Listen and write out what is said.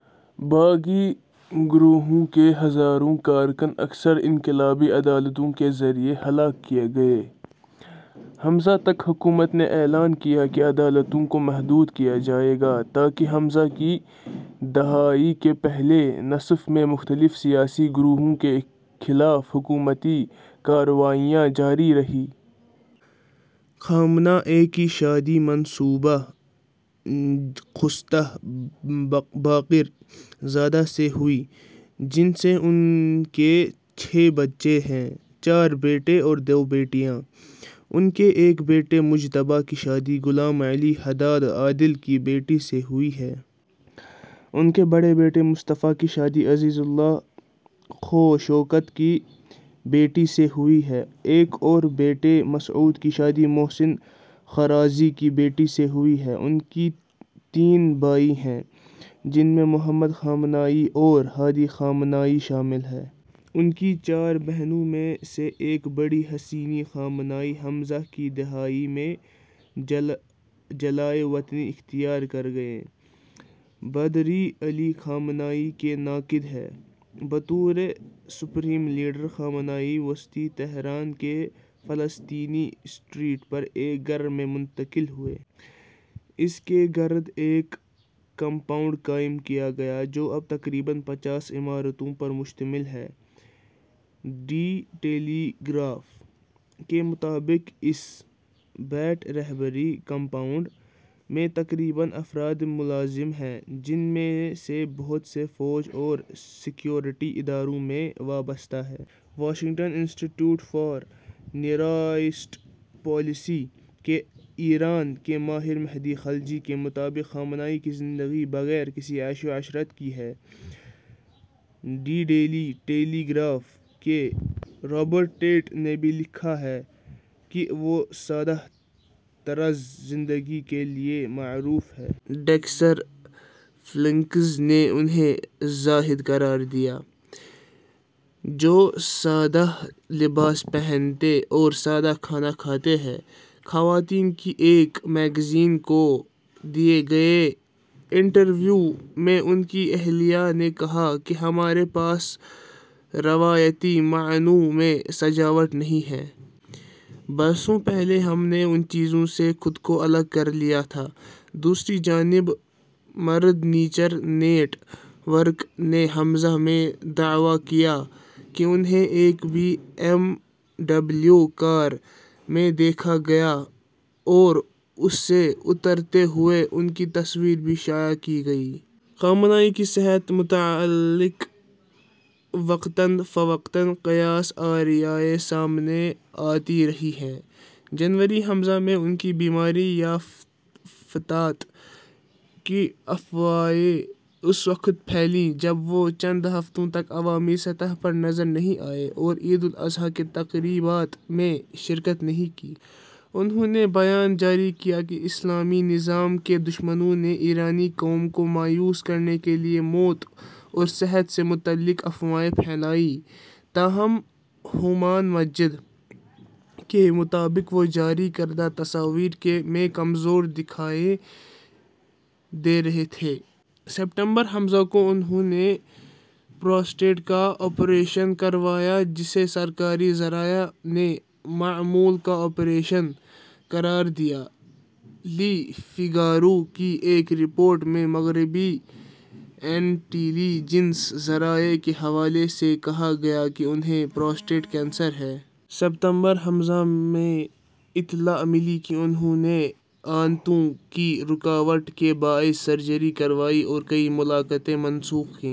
باغی گروہوں کے ہزاروں کارکن اکثر انقلابی عدالتوں کے ذریعے ہلاک کیے گئے۔ ء تک حکومت نے اعلان کیا کہ عدالتوں کو محدود کیا جائے گا تاہم ء کی دہائی کے پہلے نصف میں مختلف سیاسی گروہوں کے خلاف حکومتی کارروائیاں جاری رہیں۔ ۔ خامنہ ای کی شادی منصورہ خجستہ باقر زادہ سے ہوئی جن سے ان کے چھ بچے ہیں: چار بیٹے اور دو بیٹیاں ۔ ان کے ایک بیٹے مجتبیٰ کی شادی غلام علی حداد عادل کی بیٹی سے ہوئی ہے۔ ان کے بڑے بیٹے مصطفیٰ کی شادی عزیز اللہ خوشوقت کی بیٹی سے ہوئی ہے۔ ایک اور بیٹے مسعود کی شادی محسن خرازی کی بیٹی سے ہوئی ہے۔ ان کے تین بھائی ہیں جن میں محمد خامنہ ای اور ہادی خامنہ ای شامل ہیں۔ ان کی چار بہنوں میں سے ایک بدری حسینی خامنہ ای ء کی دہائی میں جلاوطنی اختیار کر گئیں۔ بدری علی خامنہ ای کی ناقد ہیں۔ بطور سپریم لیڈر خامنہ ای وسطی تہران کی فلسطین اسٹریٹ پر ایک گھر میں منتقل ہوئے۔ اس کے گرد ایک کمپاؤنڈ قائم کیا گیا جو اب تقریباً پچاس عمارتوں پر مشتمل ہے۔ 'دی ٹیلی گراف' کے مطابق اس 'بیت رہبری کمپاؤنڈ' میں تقریباً افراد ملازم ہیں، جن میں سے بہت سے فوج اور سیکیورٹی اداروں سے وابستہ ہیں۔ Washington Institute for Near East Policy کے ایران کے ماہر مہدی خلجی کے مطابق خامنہ ای کی زندگی 'بغیر کسی عیش و عشرت کے' ہے۔ 'دی ڈیلی ٹیلی گراف' کے رابرٹ ٹیٹ نے بھی لکھا کہ وہ سادہ طرز زندگی کے لیے معروف ہیں۔ ڈیکسر فلکنز نے انھیں 'زاہد' قرار دیا ہے جو سادہ لباس پہنتے اور سادہ کھانا کھاتے ہیں۔ خواتین کے ایک میگزین کو دیے گئے انٹرویو میں ان کی اہلیہ نے کہا کہ 'ہمارے پاس روایتی معنوں میں سجاوٹ نہیں ہے۔ برسوں پہلے ہم نے ان چیزوں سے خود کو الگ کر لیا تھا۔ ' دوسری جانب مدر نیچر نیٹ ورک نے ء میں دعویٰ کیا کہ انھیں ایک بی ایم ڈبلیو کار میں دیکھا گیا اور اس سے اترتے ہوئے ان کی تصویر بھی شائع کی گئی۔ خامنہ ای کی صحت سے متعلق وقتاً فوقتاً قیاس آرائیاں سامنے آتی رہی ہیں۔ جنوری ء میں ان کی بیماری یا وفات کی افواہیں اس وقت پھیلیں جب وہ چند ہفتوں تک عوامی سطح پر نظر نہیں آئے اور عید الاضحیٰ کی تقریبات میں شرکت نہیں کی۔ انھوں نے بیان جاری کیا کہ 'اسلامی نظام کے دشمنوں نے ایرانی قوم کو مایوس کرنے کے لیے موت اور صحت سے متعلق افواہیں پھیلائیں' تاہم ہومان مجد کے مطابق وہ جاری کردہ تصاویر میں کمزور دکھائی دے رہے تھے۔ ستمبر ء کو انھوں نے پروسٹیٹ کا آپریشن کروایا جسے سرکاری ذرائع نے'معمول کا آپریشن' قرار دیا۔ 'لی فیگارو' کی ایک رپورٹ میں مغربی انٹیلی جنس ذرائع کے حوالے سے کہا گیا کہ انھیں پروسٹیٹ کینسر ہے۔ ستمبر ء میں اطلاع ملی کہ انھوں نے آنتوں کی رکاوٹ کے باعث سرجری کروائی اور کئی ملاقاتیں منسوخ کیں۔